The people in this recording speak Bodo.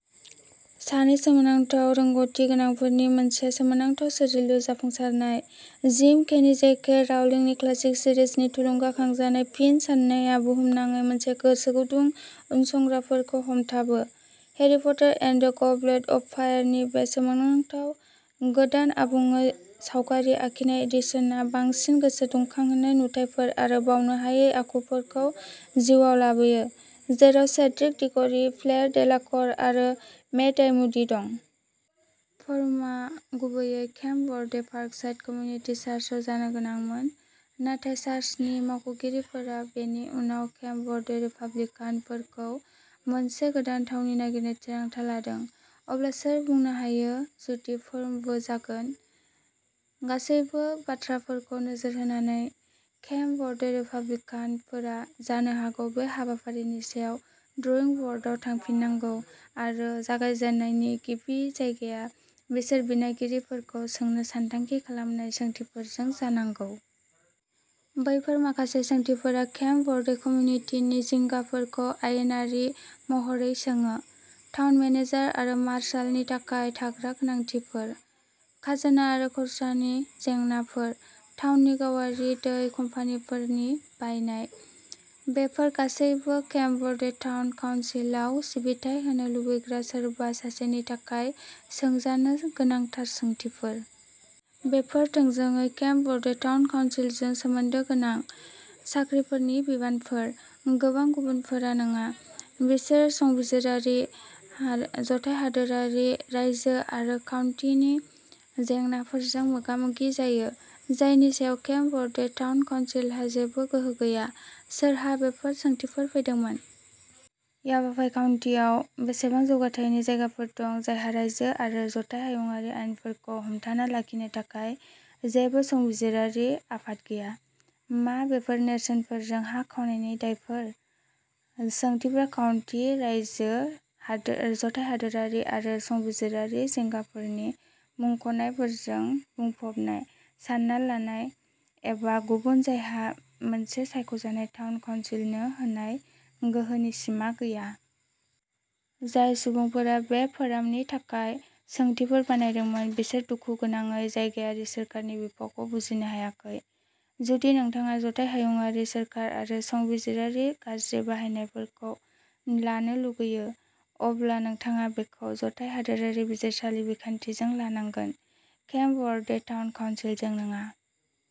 "सानै सोमोनांथाव रोंग'थि गोनांफोरनि मोनसे सोमोनांथाव सोरजिलु जाफुंसारनाय, जिम केनि जे. के. राउलिंगनि क्लासिक सिरिजनि थुलुंगाखांजानाय फिन साननाया बुहुमनाङै मोनसे गोसोगुदुं उनसंग्राफोरखौ हमथाबो। Harry Potter and the goblet of फायारनि बे सोमोनांथाव गोदान आबुङै सावगारि आखिनाय एडिशना बांसिन गोसोदुंखांहोनाय नुथायफोर आरो बावनो हायै आखुफोरखौ जिउआव लाबोयो-जेराव सेड्रिक डिग'रि, फ्लेर डेलाक'र आरो मेड-आइ मुडि दं। फोरमआ गुबैयै केम्प वर्देनि पार्कसाइड कमिउनिटि चार्चआव जानो गोनांमोन, नाथाय चार्चनि मावख'गिरिफोरा बेनि उनाव केम्प वर्दे रिपाब्लिकानफोरखौ मोनसे गोदान थावनि नागिरनो थिरांथा लादों। अब्ला सोर बुंनो हायो जुदि फोरमबो जागोन? गासैबो बाथ्राफोरखौ नोजोर होनानै, केम्प वर्दे रिपाब्लिकानफोरा जानो हागौ बे हाबाफारिनि सायाव ड्रइं बर्डआव थांफिननांगौआरो जागायजेन्नायनि गिबि जायगाया बिसोर बिनायगिरिफोरखौ सोंनो सानथांखि खालामनाय सोंथिफोरजों जानांगौ। बैफोर माखासे सोंथिफोरा केम्प वर्दे कमिउनिटिनि जिंगाफोरखौ आयेनारि महरै सोङो। टाउन मेनेजार आरो मार्शालनि थाखाय थाग्रा गोनांथिफोर। खाजोना आरो खरसानि जेंनाफोर। टाउननि गावारि दै कम्पानिफोरनि बायनाय। बेफोर गासैबो केम्प वर्दे टाउन काउन्सिलआव सिबिथाइ होनो लुबैग्रा सोरबा सासेनि थाखाय सोंजानो गोनां थार सोंथिफोर। बेफोरो थोंजोङै केम्प वर्दे टाउन काउन्सिलजों सोमोन्दो गोनां। साख्रिफोरनि बिबानफोर। गोबां गुबुनफोरा नङा। बिसोर संबिजिरारि, जथाय हादोरारि, रायजो आरो काउन्टीनि जेंनाफोरजों मोगा-मोगि जायो, जायनि सायाव केम्प वर्दे टाउन काउन्सिलहा जेबो गोहो गैया। सोरहा बेफोर सोंथिफोर फैदोंमोन? "यावापाइ काउन्टीआव बेसेबां जौगाथायनि जायगाफोर दं जायहा रायजो आरो जथाय हायुंआरि आयेनफोरखौ हमथाना लाखिनो थाखाय जेबो संबिजिरारि आफाद गैया? मा बेफोर नेरसोनफोरजों हा खावनायनि दायफोर? सोंथिफोरा काउन्टी, रायजो, जथाय हादोरारि आरो संबिजिरारि जिंगाफोरनि मुंख'नायफोरजों बुंफबनाय-सानना लानाय एबा गुबुन-जायहा मोनसे सायख'जानाय टाउन काउन्सिलनो होनाय गोहोनि सिमा गैया। जाय सुबुंफोरा बे फोरामनि थाखाय सोंथिफोर बानायदोंमोन बिसोर दुखुगोनाङै जायगायारि सोरखारनि बिफावखौ बुजिनो हायाखै। जुदि नोंथाङा जथाय हायुंआरि सोरखार आरो संबिजिरारि गाज्रि बाहायनायफोरखौ लानो लुगैयो, अब्ला नोंथाङा बेखौ जथाय हादोरारि बिजिरसालि बिखान्थिजों लानांगोन, केम्प वर्दे टाउन काउन्सिलजों नङा।